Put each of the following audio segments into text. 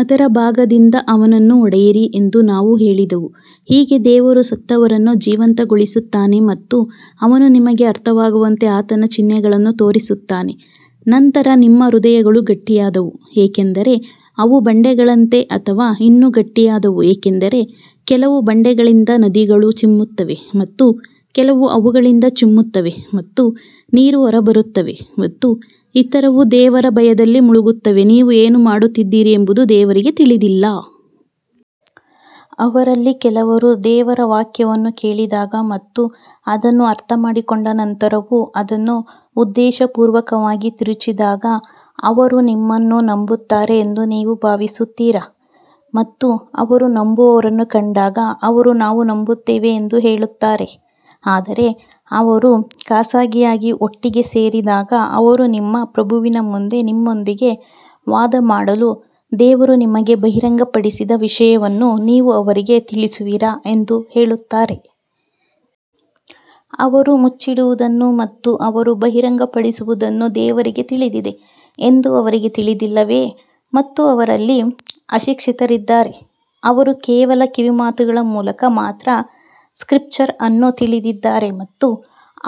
ಅದರ ಭಾಗದಿಂದ ಅವನನ್ನು ಹೊಡೆಯಿರಿ ಎಂದು ನಾವು ಹೇಳಿದೆವು ಹೀಗೆ ದೇವರು ಸತ್ತವರನ್ನು ಜೀವಂತಗೊಳಿಸುತ್ತಾನೆ ಮತ್ತು ಅವನು ನಿಮಗೆ ಅರ್ಥವಾಗುವಂತೆ ಆತನ ಚಿಹ್ನೆಗಳನ್ನು ತೋರಿಸುತ್ತಾನೆ ನಂತರ ನಿಮ್ಮ ಹೃದಯಗಳು ಗಟ್ಟಿಯಾದವು, ಏಕೆಂದರೆ ಅವು ಬಂಡೆಗಳಂತೆ ಅಥವಾ ಇನ್ನೂ ಗಟ್ಟಿಯಾದವು ಏಕೆಂದರೆ ಕೆಲವು ಬಂಡೆಗಳಿಂದ ನದಿಗಳು ಚಿಮ್ಮುತ್ತವೆ ಮತ್ತು ಕೆಲವು ಅವುಗಳಿಂದ ಚಿಮ್ಮುತ್ತವೆ ಮತ್ತು ನೀರು ಹೊರಬರುತ್ತವೆ ಮತ್ತು ಇತರವು ದೇವರ ಭಯದಲ್ಲಿ ಮುಳುಗುತ್ತವೆ, ನೀವು ಏನು ಮಾಡುತ್ತಿದ್ದೀರಿ ಎಂಬುದು ದೇವರಿಗೆ ತಿಳಿದಿಲ್ಲ. ಅವರಲ್ಲಿ ಕೆಲವರು ದೇವರ ವಾಕ್ಯವನ್ನು ಕೇಳಿದಾಗ ಮತ್ತು ಅದನ್ನು ಅರ್ಥಮಾಡಿಕೊಂಡ ನಂತರವೂ ಅದನ್ನು ಉದ್ದೇಶಪೂರ್ವಕವಾಗಿ ತಿರುಚಿದಾಗ ಅವರು ನಿಮ್ಮನ್ನು ನಂಬುತ್ತಾರೆ ಎಂದು ನೀವು ಭಾವಿಸುತ್ತೀರಾ? ಮತ್ತು ಅವರು ನಂಬುವವರನ್ನು ಕಂಡಾಗ ಅವರು ನಾವು ನಂಬುತ್ತೇವೆ ಎಂದು ಹೇಳುತ್ತಾರೆ ಆದರೆ ಅವರು ಖಾಸಗಿಯಾಗಿ ಒಟ್ಟಿಗೆ ಸೇರಿದಾಗ ಅವರು ನಿಮ್ಮ ಪ್ರಭುವಿನ ಮುಂದೆ ನಿಮ್ಮೊಂದಿಗೆ ವಾದಮಾಡಲು ದೇವರು ನಿಮಗೆ ಬಹಿರಂಗಪಡಿಸಿದ ವಿಷಯವನ್ನು ನೀವು ಅವರಿಗೆ ತಿಳಿಸುವಿರಾ ಎಂದು ಹೇಳುತ್ತಾರೆ. ಅವರು ಮುಚ್ಚಿಡುವುದನ್ನು ಮತ್ತು ಅವರು ಬಹಿರಂಗಪಡಿಸುವುದನ್ನು ದೇವರಿಗೆ ತಿಳಿದಿದೆ ಎಂದು ಅವರಿಗೆ ತಿಳಿದಿಲ್ಲವೇ? ಮತ್ತು ಅವರಲ್ಲಿ ಅಶಿಕ್ಷಿತರಿದ್ದಾರೆ, ಅವರು ಕೇವಲ ಕಿವಿಮಾತುಗಳ ಮೂಲಕ ಮಾತ್ರ ಸ್ಕ್ರಿಪ್ಚರ್ ಅನ್ನು ತಿಳಿದಿದ್ದಾರೆ ಮತ್ತು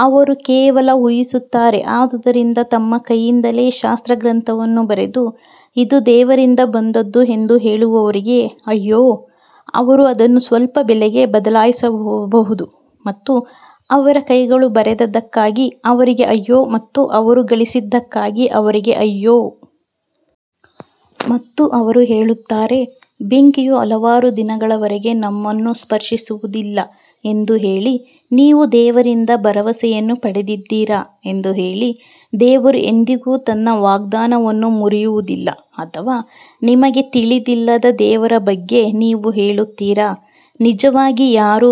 ಅವರು ಕೇವಲ ಊಹಿಸುತ್ತಾರೆ ಆದುದರಿಂದ ತಮ್ಮ ಕೈಯಿಂದಲೇ ಶಾಸ್ತ್ರಗ್ರಂಥವನ್ನು ಬರೆದು ಇದು ದೇವರಿಂದ ಬಂದದ್ದು ಎಂದು ಹೇಳುವವರಿಗೆ ಅಯ್ಯೋ, ಅವರು ಅದನ್ನು ಸ್ವಲ್ಪ ಬೆಲೆಗೆ ಬದಲಾಯಿಸಬಹುದು ಮತ್ತು ಅವರ ಕೈಗಳು ಬರೆದದ್ದಕ್ಕಾಗಿ ಅವರಿಗೆ ಅಯ್ಯೋ ಮತ್ತು ಅವರು ಗಳಿಸಿದ್ದಕ್ಕಾಗಿ ಅವರಿಗೆ ಅಯ್ಯೋ. ಮತ್ತು ಅವರು ಹೇಳುತ್ತಾರೆ ಬೆಂಕಿಯು ಹಲವಾರು ದಿನಗಳವರೆಗೆ ನಮ್ಮನ್ನು ಸ್ಪರ್ಶಿಸುವುದಿಲ್ಲ ಎಂದು ಹೇಳಿ, ನೀವು ದೇವರಿಂದ ಭರವಸೆಯನ್ನು ಪಡೆದಿದ್ದೀರಾ ಎಂದು ಹೇಳಿ, ದೇವರು ಎಂದಿಗೂ ತನ್ನ ವಾಗ್ದಾನವನ್ನು ಮುರಿಯುವುದಿಲ್ಲ ಅಥವಾ ನಿಮಗೆ ತಿಳಿದಿಲ್ಲದ ದೇವರ ಬಗ್ಗೆ ನೀವು ಹೇಳುತ್ತೀರಾ? ನಿಜವಾಗಿ ಯಾರು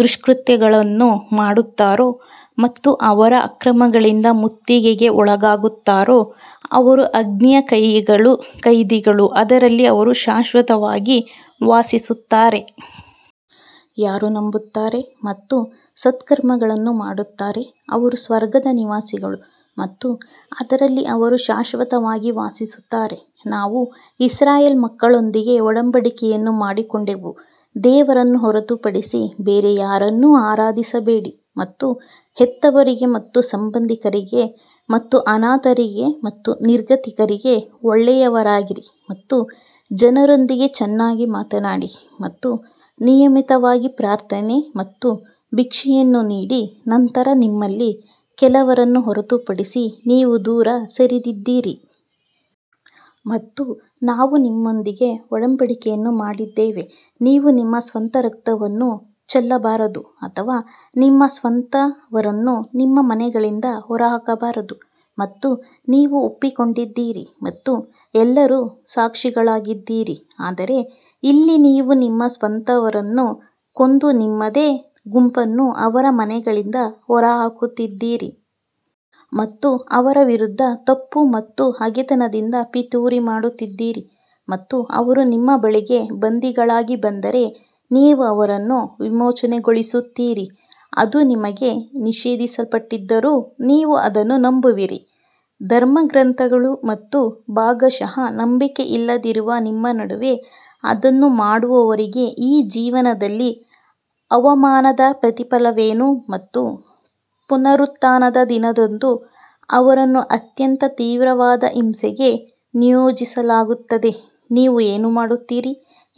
ದುಷ್ಕೃತ್ಯಗಳನ್ನು ಮಾಡುತ್ತಾರೋ ಮತ್ತು ಅವರ ಅಕ್ರಮಗಳಿಂದ ಮುತ್ತಿಗೆಗೆ ಒಳಗಾಗುತ್ತಾರೋ ಅವರು ಅಗ್ನಿಯ ಕೈದಿಗಳು ಅದರಲ್ಲಿ ಅವರು ಶಾಶ್ವತವಾಗಿ ವಾಸಿಸುತ್ತಾರೆ. ಯಾರು ನಂಬುತ್ತಾರೆ ಮತ್ತು ಸತ್ಕರ್ಮಗಳನ್ನು ಮಾಡುತ್ತಾರೆ, ಅವರು ಸ್ವರ್ಗದ ನಿವಾಸಿಗಳು ಮತ್ತು ಅದರಲ್ಲಿ ಅವರು ಶಾಶ್ವತವಾಗಿ ವಾಸಿಸುತ್ತಾರೆ. ನಾವು ಇಸ್ರಾಯೇಲ್ ಮಕ್ಕಳೊಂದಿಗೆ ಒಡಂಬಡಿಕೆಯನ್ನು ಮಾಡಿಕೊಂಡೆವು ದೇವರನ್ನು ಹೊರತುಪಡಿಸಿ ಬೇರೆ ಯಾರನ್ನೂ ಆರಾಧಿಸಬೇಡಿ ಮತ್ತು ಹೆತ್ತವರಿಗೆ ಮತ್ತು ಸಂಬಂಧಿಕರಿಗೆ ಮತ್ತು ಅನಾಥರಿಗೆ ಮತ್ತು ನಿರ್ಗತಿಕರಿಗೆ ಒಳ್ಳೆಯವರಾಗಿರಿ ಮತ್ತು ಜನರೊಂದಿಗೆ ಚೆನ್ನಾಗಿ ಮಾತನಾಡಿ ಮತ್ತು ನಿಯಮಿತವಾಗಿ ಪ್ರಾರ್ಥನೆ ಮತ್ತು ಭಿಕ್ಷೆಯನ್ನು ನೀಡಿ ನಂತರ ನಿಮ್ಮಲ್ಲಿ ಕೆಲವರನ್ನು ಹೊರತುಪಡಿಸಿ ನೀವು ದೂರ ಸರಿದಿದ್ದೀರಿ. ಮತ್ತು ನಾವು ನಿಮ್ಮೊಂದಿಗೆ ಒಡಂಬಡಿಕೆಯನ್ನು ಮಾಡಿದ್ದೇವೆ, ನೀವು ನಿಮ್ಮ ಸ್ವಂತ ರಕ್ತವನ್ನು ಚೆಲ್ಲಬಾರದು ಅಥವಾ ನಿಮ್ಮ ಸ್ವಂತವರನ್ನು ನಿಮ್ಮ ಮನೆಗಳಿಂದ ಹೊರಹಾಕಬಾರದು ಮತ್ತು ನೀವು ಒಪ್ಪಿಕೊಂಡಿದ್ದೀರಿ ಮತ್ತು ಎಲ್ಲರೂ ಸಾಕ್ಷಿಗಳಾಗಿದ್ದೀರಿ. ಆದರೆ ಇಲ್ಲಿ ನೀವು ನಿಮ್ಮ ಸ್ವಂತವರನ್ನು ಕೊಂದು ನಿಮ್ಮದೇ ಗುಂಪನ್ನು ಅವರ ಮನೆಗಳಿಂದ ಹೊರಹಾಕುತ್ತಿದ್ದೀರಿ ಮತ್ತು ಅವರ ವಿರುದ್ಧ ತಪ್ಪು ಮತ್ತು ಹಗೆತನದಿಂದ ಪಿತೂರಿ ಮಾಡುತ್ತಿದ್ದೀರಿ ಮತ್ತು ಅವರು ನಿಮ್ಮ ಬಳಿಗೆ ಬಂದಿಗಳಾಗಿ ಬಂದರೆ ನೀವು ಅವರನ್ನು ವಿಮೋಚನೆಗೊಳಿಸುತ್ತೀರಿ ಅದು ನಿಮಗೆ ನಿಷೇಧಿಸಲ್ಪಟ್ಟಿದ್ದರೂ ನೀವು ಅದನ್ನು ನಂಬುವಿರಿ ಧರ್ಮಗ್ರಂಥಗಳು ಮತ್ತು ಭಾಗಶಃ ನಂಬಿಕೆಯಿಲ್ಲದಿರುವ ನಿಮ್ಮ ನಡುವೆ ಅದನ್ನು ಮಾಡುವವರಿಗೆ ಈ ಜೀವನದಲ್ಲಿ ಅವಮಾನದ ಪ್ರತಿಫಲವೇನು ಮತ್ತು ಪುನರುತ್ಥಾನದ ದಿನದಂದು ಅವರನ್ನು ಅತ್ಯಂತ ತೀವ್ರವಾದ ಹಿಂಸೆಗೆ ನಿಯೋಜಿಸಲಾಗುತ್ತದೆ ನೀವು ಏನು ಮಾಡುತ್ತೀರಿ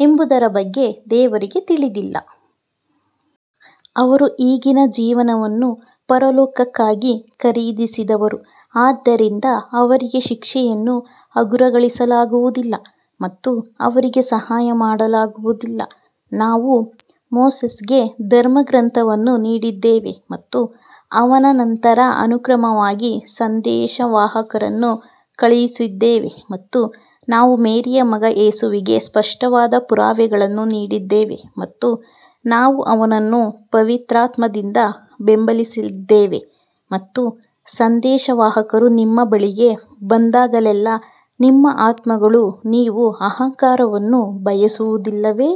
ಎಂಬುದರ ಬಗ್ಗೆ ದೇವರಿಗೆ ತಿಳಿದಿಲ್ಲ. ಅವರು ಈಗಿನ ಜೀವನವನ್ನು ಪರಲೋಕಕ್ಕಾಗಿ ಖರೀದಿಸಿದವರು, ಆದ್ದರಿಂದ ಅವರಿಗೆ ಶಿಕ್ಷೆಯನ್ನು ಹಗುರಗೊಳಿಸಲಾಗುವುದಿಲ್ಲ ಮತ್ತು ಅವರಿಗೆ ಸಹಾಯ ಮಾಡಲಾಗುವುದಿಲ್ಲ ನಾವು ಮೋಸೆಸ್ಗೆ ಧರ್ಮಗ್ರಂಥವನ್ನು ನೀಡಿದ್ದೇವೆ ಮತ್ತು ಅವನ ನಂತರ ಅನುಕ್ರಮವಾಗಿ ಸಂದೇಶವಾಹಕರನ್ನು ಕಳುಹಿಸಿದ್ದೇವೆ ಮತ್ತು ನಾವು ಮೇರಿಯ ಮಗ ಯೇಸುವಿಗೆ ಸ್ಪಷ್ಟವಾದ ಪುರಾವೆಗಳನ್ನು ನೀಡಿದ್ದೇವೆ ಮತ್ತು ನಾವು ಅವನನ್ನು ಪವಿತ್ರಾತ್ಮದಿಂದ ಬೆಂಬಲಿಸಿದ್ದೇವೆ ಮತ್ತು ಸಂದೇಶವಾಹಕರು ನಿಮ್ಮ ಬಳಿಗೆ ಬಂದಾಗಲೆಲ್ಲಾ ನಿಮ್ಮ ಆತ್ಮಗಳು ನೀವು ಅಹಂಕಾರವನ್ನು ಬಯಸುವುದಿಲ್ಲವೇ?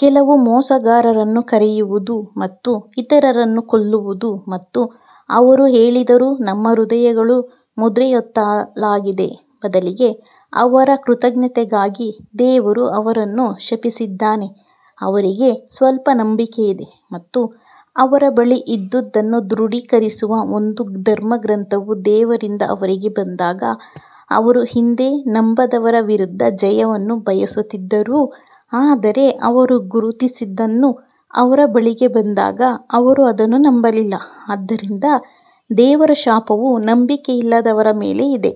ಕೆಲವು ಮೋಸಗಾರರನ್ನು ಕರೆಯುವುದು ಮತ್ತು ಇತರರನ್ನು ಕೊಲ್ಲುವುದು ಮತ್ತು ಅವರು ಹೇಳಿದರು ನಮ್ಮ ಹೃದಯಗಳು ಮುದ್ರೆಯೊತ್ತಲಾಗಿದೆ ಬದಲಿಗೆ ಅವರ ಕೃತಘ್ನತೆಗಾಗಿ ದೇವರು ಅವರನ್ನು ಶಪಿಸಿದ್ದಾನೆ ಅವರಿಗೆ ಸ್ವಲ್ಪ ನಂಬಿಕೆ ಇದೆ ಮತ್ತು ಅವರ ಬಳಿ ಇದ್ದುದನ್ನು ದೃಢೀಕರಿಸುವ ಒಂದು ಧರ್ಮಗ್ರಂಥವು ದೇವರಿಂದ ಅವರಿಗೆ ಬಂದಾಗ ಅವರು ಹಿಂದೆ ನಂಬದವರ ವಿರುದ್ಧ ಜಯವನ್ನು ಬಯಸುತ್ತಿದ್ದರೂ, ಆದರೆ ಅವರು ಗುರುತಿಸಿದ್ದನ್ನು ಅವರ ಬಳಿಗೆ ಬಂದಾಗ ಅವರು ಅದನ್ನು ನಂಬಲಿಲ್ಲ ಆದ್ದರಿಂದ ದೇವರ ಶಾಪವು ನಂಬಿಕೆಯಿಲ್ಲದವರ ಮೇಲೆ ಇದೆ.